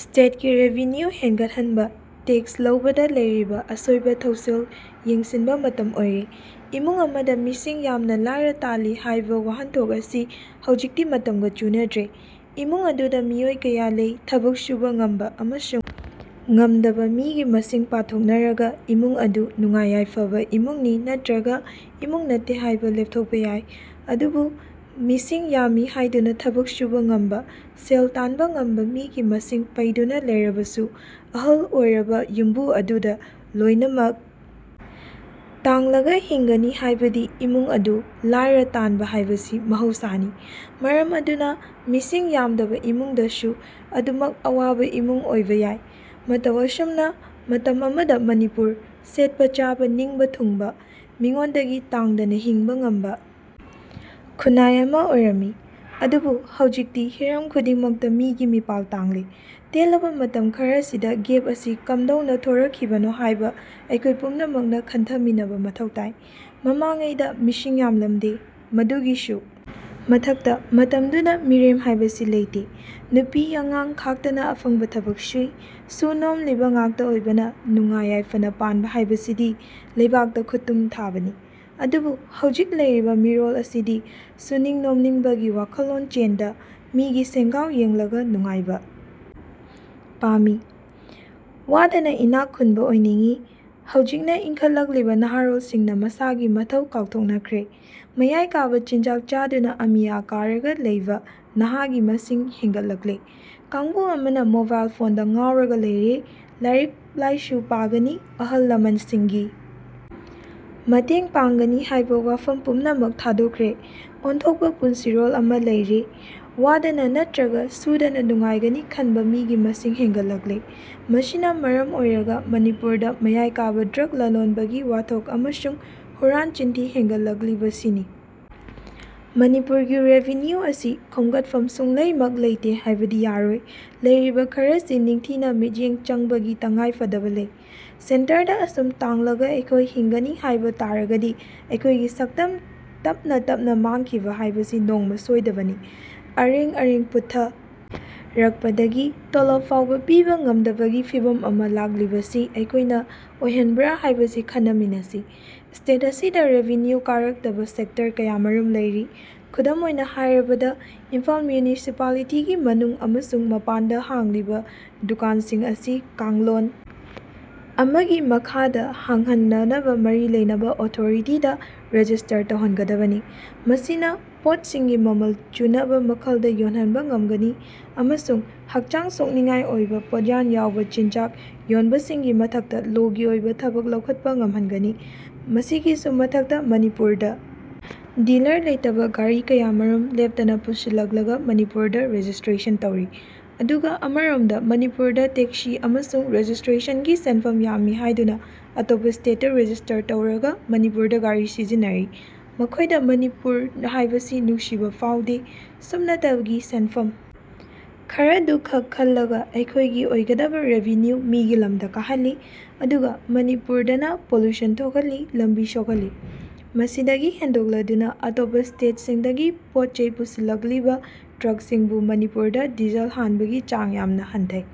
ꯁ꯭ꯇꯦꯠꯒꯤ revenue ꯍꯦꯟꯒꯠ ꯍꯟꯕ tax ꯂꯧꯕꯗ ꯂꯩꯔꯤꯕ ꯑꯁꯣꯏꯕ ꯊꯧꯁꯤꯜ ꯌꯦꯡꯁꯤꯟꯕ ꯃꯇꯝ ꯑꯣꯏꯔꯦ꯫ ꯏꯃꯨꯡ ꯑꯃꯗ ꯃꯤꯁꯤꯡ ꯌꯥꯝꯅ ꯂꯥꯏꯔ ꯇꯥꯜꯂꯤ ꯍꯥꯏꯕ ꯋꯥꯍꯟꯊꯣꯛ ꯑꯁꯤ ꯍꯧꯖꯤꯛꯇꯤ ꯃꯇꯝꯒ ꯆꯨꯅꯗ꯭ꯔꯦ꯫ ꯏꯃꯨꯡ ꯑꯗꯨꯗ ꯃꯤꯑꯣꯏ ꯀꯌꯥ ꯂꯩ, ꯊꯕꯛ ꯁꯨꯕ ꯉꯝꯕ ꯑꯃꯁꯨꯡ ꯉꯝꯗꯕ ꯃꯤꯒꯤ ꯃꯁꯤꯡ ꯄꯥꯊꯣꯛꯅꯔꯒ ꯏꯃꯨꯡ ꯑꯗꯨ ꯅꯨꯡꯉꯥꯏ-ꯌꯥꯏꯐꯕ ꯏꯃꯨꯡꯅꯤ ꯅꯠꯇ꯭ꯔꯒ ꯏꯃꯨꯡ ꯅꯠꯇꯦ ꯍꯥꯏꯕ ꯂꯦꯞꯊꯣꯛꯄ ꯌꯥꯏ꯫ ꯑꯗꯨꯕꯨ ꯃꯤꯁꯤꯡ ꯌꯥꯝꯃꯤ ꯍꯥꯏꯗꯨꯅ ꯊꯕꯛ ꯁꯨꯕ ꯉꯝꯕ, ꯁꯦꯜ ꯇꯥꯟꯕ ꯉꯝꯕ ꯃꯤꯒꯤ ꯃꯁꯤꯡ ꯄꯩꯗꯨꯅ ꯂꯩꯔꯕꯁꯨ ꯑꯍꯜ ꯑꯣꯏꯔꯕ ꯌꯨꯝꯕꯨ ꯑꯗꯨꯗ ꯂꯣꯏꯅꯃꯛ ꯇꯥꯡꯂꯒ ꯍꯤꯡꯒꯅꯤ ꯍꯥꯏꯕꯗꯤ ꯏꯃꯨꯡ ꯑꯗꯨ ꯂꯥꯏꯔ ꯇꯥꯟꯕ ꯍꯥꯏꯕꯁꯤ ꯃꯍꯧ ꯁꯥꯅꯤ꯫ ꯃꯔꯝ ꯑꯗꯨꯅ ꯃꯤꯁꯤꯡ ꯌꯥꯝꯗꯕ ꯏꯃꯨꯡ ꯗꯁꯨ ꯑꯗꯨꯃꯛ ꯑꯋꯥꯕ ꯏꯃꯨꯡ ꯑꯣꯏꯕ ꯌꯥꯏ꯫ ꯃꯇꯧ ꯑꯁꯨꯝꯅ ꯃꯇꯝ ꯑꯃꯗ ꯃꯅꯤꯄꯨꯔ ꯁꯦꯠꯄ-ꯆꯥꯕ ꯅꯤꯡꯕ ꯊꯨꯡꯕ, ꯃꯤꯉꯣꯟꯗꯒꯤ ꯇꯥꯡꯗꯅ ꯍꯤꯡꯕ ꯉꯝꯕ ꯈꯨꯟꯅꯥꯏ ꯑꯃ ꯑꯣꯏꯔꯝꯃꯤ꯫ ꯑꯗꯨꯕꯨ ꯍꯧꯖꯤꯛꯇꯤ ꯍꯤꯔꯝ ꯈꯨꯗꯤꯡ ꯃꯛꯇ ꯃꯤꯒꯤ ꯃꯤꯄꯥꯜ ꯇꯥꯡꯂꯦ꯫ ꯇꯦꯜꯂꯕ ꯃꯇꯝ ꯈꯔꯁꯤꯗ ꯒꯦꯞ ꯑꯁꯤ ꯀꯝꯗꯧꯅ ꯊꯣꯔꯛ ꯈꯤꯕꯅꯣ ꯍꯥꯏꯕ ꯑꯩꯈꯣꯏ ꯄꯨꯝꯅ ꯃꯛꯅ ꯈꯟꯊ ꯃꯤꯟꯅꯕ ꯃꯊꯧ ꯇꯥꯏ꯫ ꯃꯃꯥꯡ ꯉꯩꯗ ꯃꯤꯁꯤꯡ ꯌꯥꯝ ꯂꯝꯗꯦ, ꯃꯗꯨꯒꯤꯁꯨ ꯃꯊꯛꯇ ꯃꯇꯝꯗꯨꯗ ꯃꯤꯔꯦꯝ ꯍꯥꯏꯕꯁꯤ ꯂꯩꯇꯦ꯫ ꯅꯨꯄꯤ ꯑꯉꯥꯡ ꯈꯥꯛꯇꯅ ꯑꯐꯪꯕ ꯊꯕꯛ ꯁꯨꯏ꯫ ꯁꯨ-ꯅꯣꯃꯂꯤꯕ ꯉꯥꯛꯇ ꯑꯣꯏꯕꯅ ꯅꯨꯡꯉꯥꯏ ꯌꯥꯏꯐꯅ ꯄꯥꯟꯕ ꯍꯥꯏꯕꯁꯤꯗꯤ ꯂꯩꯕꯥꯛꯇ ꯈꯨꯠꯇꯨꯃ ꯊꯥꯕꯅꯤ꯫ ꯑꯗꯨꯕꯨ ꯍꯧꯖꯤꯛ ꯂꯩꯔꯤꯕ ꯃꯤꯔꯣꯜ ꯑꯁꯤꯗꯤ ꯁꯨꯅꯤꯡ-ꯅꯣꯃꯅꯤꯡꯕꯒꯤ ꯋꯥꯈꯜꯂꯣꯟ ꯆꯦꯟꯗ, ꯃꯤꯒꯤ ꯁꯦꯟꯒꯥꯎ ꯌꯦꯡꯂꯒ ꯅꯨꯡꯉꯥꯏꯕ ꯄꯥꯝꯃꯤ꯫ ꯋꯥꯗꯅ ꯏꯅꯥꯛ ꯈꯨꯟꯕ ꯑꯣꯏꯅꯤꯡꯏ꯫ ꯍꯧꯖꯤꯛꯅ ꯏꯟꯈꯠ ꯂꯛꯂꯤꯕ ꯅꯍꯥꯔꯣꯜꯁꯤꯡ ꯃꯁꯥꯒꯤ ꯃꯊꯧ ꯀꯥꯎ ꯊꯣꯛꯅꯈ꯭ꯔꯦ꯫ ꯃꯌꯥꯏ ꯀꯥꯕ ꯆꯤꯟꯖꯥꯛ ꯆꯥꯗꯨꯅ ꯑꯃꯤꯌ ꯀꯥꯔꯒ ꯂꯩꯕ ꯅꯍꯥꯒꯤ ꯃꯁꯤꯡ ꯍꯦꯟꯒꯠ ꯂꯛꯂꯦ꯫ ꯀꯥꯡꯕꯨ ꯑꯃꯅ ꯃꯣꯕꯥꯏꯜ ꯐꯣꯟꯗ ꯉꯥꯎꯔꯒ ꯂꯩꯔꯦ꯫ ꯂꯥꯏꯔꯤꯛ-ꯂꯥꯏꯁꯨ ꯄꯥꯒꯅꯤ, ꯑꯍꯜ-ꯂꯃꯟꯁꯤꯡꯒꯤ ꯃꯇꯦꯡ ꯄꯥꯡꯒꯅꯤ ꯍꯥꯏꯕ ꯋꯥꯐꯝ ꯄꯨꯝꯅꯃꯛ ꯊꯥꯗꯣꯛꯈ꯭ꯔꯦ꯫ ꯑꯣꯟꯊꯣꯛꯄ ꯄꯨꯟꯁꯤꯔꯣꯜ ꯑꯃꯗ ꯂꯩꯔꯦ꯫ ꯋꯥꯗꯅ ꯅꯠꯇ꯭ꯔꯒ ꯁꯨꯗꯅ ꯅꯨꯡꯉꯥꯏꯒꯅꯤ ꯈꯟꯕ ꯃꯤꯒꯤ ꯃꯁꯤꯡ ꯍꯦꯟꯒꯠ ꯂꯛꯂꯦ꯫ ꯃꯁꯤꯅ ꯃꯔꯝ ꯑꯣꯏꯔꯒ ꯃꯅꯤꯄꯨꯔꯗ ꯃꯌꯥꯏ ꯀꯥꯕ ꯗ꯭ꯔꯒ ꯂꯂꯣꯟꯕꯒꯤ ꯋꯥꯊꯣꯛ ꯑꯃꯁꯨꯡ ꯍꯨꯔꯥꯟ-ꯆꯤꯟꯊꯤ ꯍꯦꯟꯒꯠ ꯂꯛꯂꯤꯕ ꯁꯤꯅꯤ꯫ ꯃꯅꯤꯄꯨꯔꯒꯤ ꯔꯦꯚꯤꯅ꯭ꯌꯨ ꯑꯁꯤ ꯈꯣꯝꯒꯠꯐꯝ ꯁꯨꯡꯂꯩꯃꯛ ꯂꯩꯇꯦ ꯍꯥꯏꯕꯗꯤ ꯌꯥꯔꯣꯏ꯫ ꯂꯩꯔꯤꯕ ꯈꯔꯁꯤ ꯅꯤꯡꯊꯤꯅ ꯃꯤꯠꯌꯦꯡ ꯆꯪꯕꯒꯤ ꯇꯉꯥꯏ ꯐꯗꯕ ꯂꯩ꯫ ꯁꯦꯟꯇꯔꯗ ꯑꯁꯨꯝ ꯇꯥꯡꯂꯒ ꯑꯩꯈꯣꯏ ꯍꯤꯡꯒꯅꯤ ꯍꯥꯏꯕ ꯇꯥꯔꯒꯗꯤ ꯑꯩꯈꯣꯏꯒꯤ ꯁꯛꯇꯝ ꯇꯞꯅ ꯇꯞꯅ ꯃꯥꯡꯈꯤꯕ ꯍꯥꯏꯕꯁꯤ ꯅꯣꯡꯃ ꯁꯣꯏꯗꯕꯅꯤ꯫ ꯑꯔꯦꯡ-ꯑꯔꯦꯡ ꯄꯨꯠꯊ ꯔꯛꯄꯗꯒꯤ ꯇꯂꯕ ꯐꯥꯎꯕ ꯄꯤꯕ ꯉꯝꯗꯕꯒꯤ ꯐꯤꯚꯝ ꯑꯃ ꯂꯥꯛꯂꯤꯕꯁꯤ ꯑꯩꯈꯣꯏꯅ ꯑꯣꯏꯍꯟꯕ꯭ꯔ ꯍꯥꯏꯕꯁꯤ ꯈꯟꯅ ꯃꯤꯟꯅꯁꯤ꯫ ꯁ꯭ꯇꯦꯠ ꯑꯁꯤꯗ ꯔꯦꯚꯤꯅ꯭ꯌꯨ ꯀꯥꯔꯛꯇꯕ ꯁꯦꯛꯇꯔ ꯀꯌꯥꯝ ꯔꯨꯃ ꯂꯩꯔꯤ꯫ ꯈꯨꯗꯝ ꯑꯣꯏꯅ ꯍꯥꯏꯔꯕꯗ ꯏꯝꯐꯥꯜ ꯃ꯭ꯌꯨꯅꯤꯁꯤꯄꯂꯤꯇꯤꯒꯤ ꯃꯅꯨꯡ ꯑꯃꯁꯨꯡ ꯃꯄꯥꯟꯗ ꯍꯥꯡꯂꯤꯕ ꯗꯨꯀꯥꯟꯁꯤꯡ ꯑꯁꯤ ꯀꯥꯡꯂꯣꯟ ꯑꯃꯒꯤ ꯃꯈꯥꯗ ꯍꯥꯡꯍꯟꯅꯅꯕ ꯃꯔꯤ ꯂꯩꯅꯕ ꯑꯣꯊꯣꯔꯤꯇꯤꯗ ꯔꯦꯖꯤꯁꯇꯥꯔ ꯇꯧꯍꯟ ꯒꯗꯕꯅꯤ꯫ ꯃꯁꯤꯅ ꯄꯣꯠꯁꯤꯡꯒꯤ ꯃꯃꯜ ꯆꯨꯅꯕ ꯃꯈꯜꯗ ꯌꯣꯜꯍꯟꯕ ꯉꯝꯒꯅꯤ ꯑꯃꯁꯨꯡ ꯍꯛꯆꯥꯡ ꯁꯣꯛꯅꯤꯡꯉꯥꯏ ꯑꯣꯏꯕ, ꯄꯣꯠꯌꯥꯟ ꯌꯥꯎꯕ ꯆꯤꯟꯖꯥꯛ ꯌꯣꯟꯕꯁꯤꯡꯒꯤ ꯃꯊꯛꯇ ꯂꯣꯒꯤ ꯑꯣꯏꯕ ꯊꯕꯛ ꯂꯧꯈꯠꯄ ꯉꯝꯍꯟꯒꯅꯤ꯫ ꯃꯁꯤꯒꯤꯁꯨ ꯃꯊꯛꯇ ꯃꯅꯤꯄꯨꯔꯗ ꯗꯤꯜꯂꯔ ꯂꯩꯇꯕ ꯒꯥꯔꯤ ꯀꯌꯥꯃꯔꯨꯝ ꯂꯦꯞꯇꯅ ꯄꯨꯁꯤꯜ ꯂꯛꯂꯒ ꯃꯅꯤꯄꯨꯔꯗ ꯔꯦꯖꯤꯁꯇ꯭ꯔꯦꯁꯟ ꯇꯧꯔꯤ꯫ ꯑꯗꯨꯒ ꯑꯃꯔꯣꯝꯗ ꯃꯅꯤꯄꯨꯔꯗ ꯇꯦꯛꯁꯤ ꯑꯃꯁꯨꯡ ꯔꯦꯖꯤꯁꯇ꯭ꯔꯦꯁꯟꯒꯤ ꯁꯦꯟꯐꯝ ꯌꯥꯝꯃꯤ ꯍꯥꯏꯗꯨꯅ ꯑꯇꯣꯞꯄ ꯁ꯭ꯇꯦꯠꯇ ꯔꯦꯖꯤꯁꯇꯥꯔ ꯇꯧꯔꯒ ꯃꯅꯤꯄꯨꯔꯗ ꯒꯥꯔꯤ ꯁꯤꯖꯤꯟꯅꯔꯤ꯫ ꯃꯈꯣꯏꯗ ꯃꯅꯤꯄꯨꯔ ꯍꯥꯏꯕꯁꯤ ꯅꯨꯡꯁꯤꯕ ꯐꯥꯎꯗꯦ꯫ ꯁꯨꯞꯅꯇꯒꯤ ꯁꯦꯟꯐꯝ ꯈꯔꯗꯨ ꯈꯛ ꯈꯟꯂꯒ ꯑꯩꯈꯣꯏꯒꯤ ꯑꯣꯏꯒꯗꯕ ꯔꯦꯚꯤꯅ꯭ꯌꯨ ꯃꯤꯒꯤ ꯂꯝꯗ ꯀꯥꯍꯟꯂꯤ꯫ ꯑꯗꯨꯒ ꯃꯅꯤꯄꯨꯔꯗꯅ ꯄꯣꯂꯨꯁꯟ ꯊꯣꯛꯍꯟꯂꯤ, ꯂꯝꯕꯤ ꯁꯣꯛꯍꯟꯂꯤ꯫ ꯃꯁꯤꯗꯒꯤ ꯍꯦꯟꯗꯣꯛꯂꯗꯨꯅ ꯑꯇꯣꯞꯄ ꯁ꯭ꯇꯦꯠꯁꯤꯡꯗꯒꯤ ꯄꯣꯠ-ꯆꯩ ꯄꯨꯁꯤꯟ ꯂꯛꯂꯤꯕ ꯇ꯭ꯔꯛꯁꯤꯡꯕꯨ ꯃꯅꯤꯄꯨꯔꯗ ꯗꯤꯖꯜ ꯍꯥꯟꯕꯒꯤ ꯆꯥꯡ ꯌꯥꯝꯅ ꯍꯟꯊꯩ꯫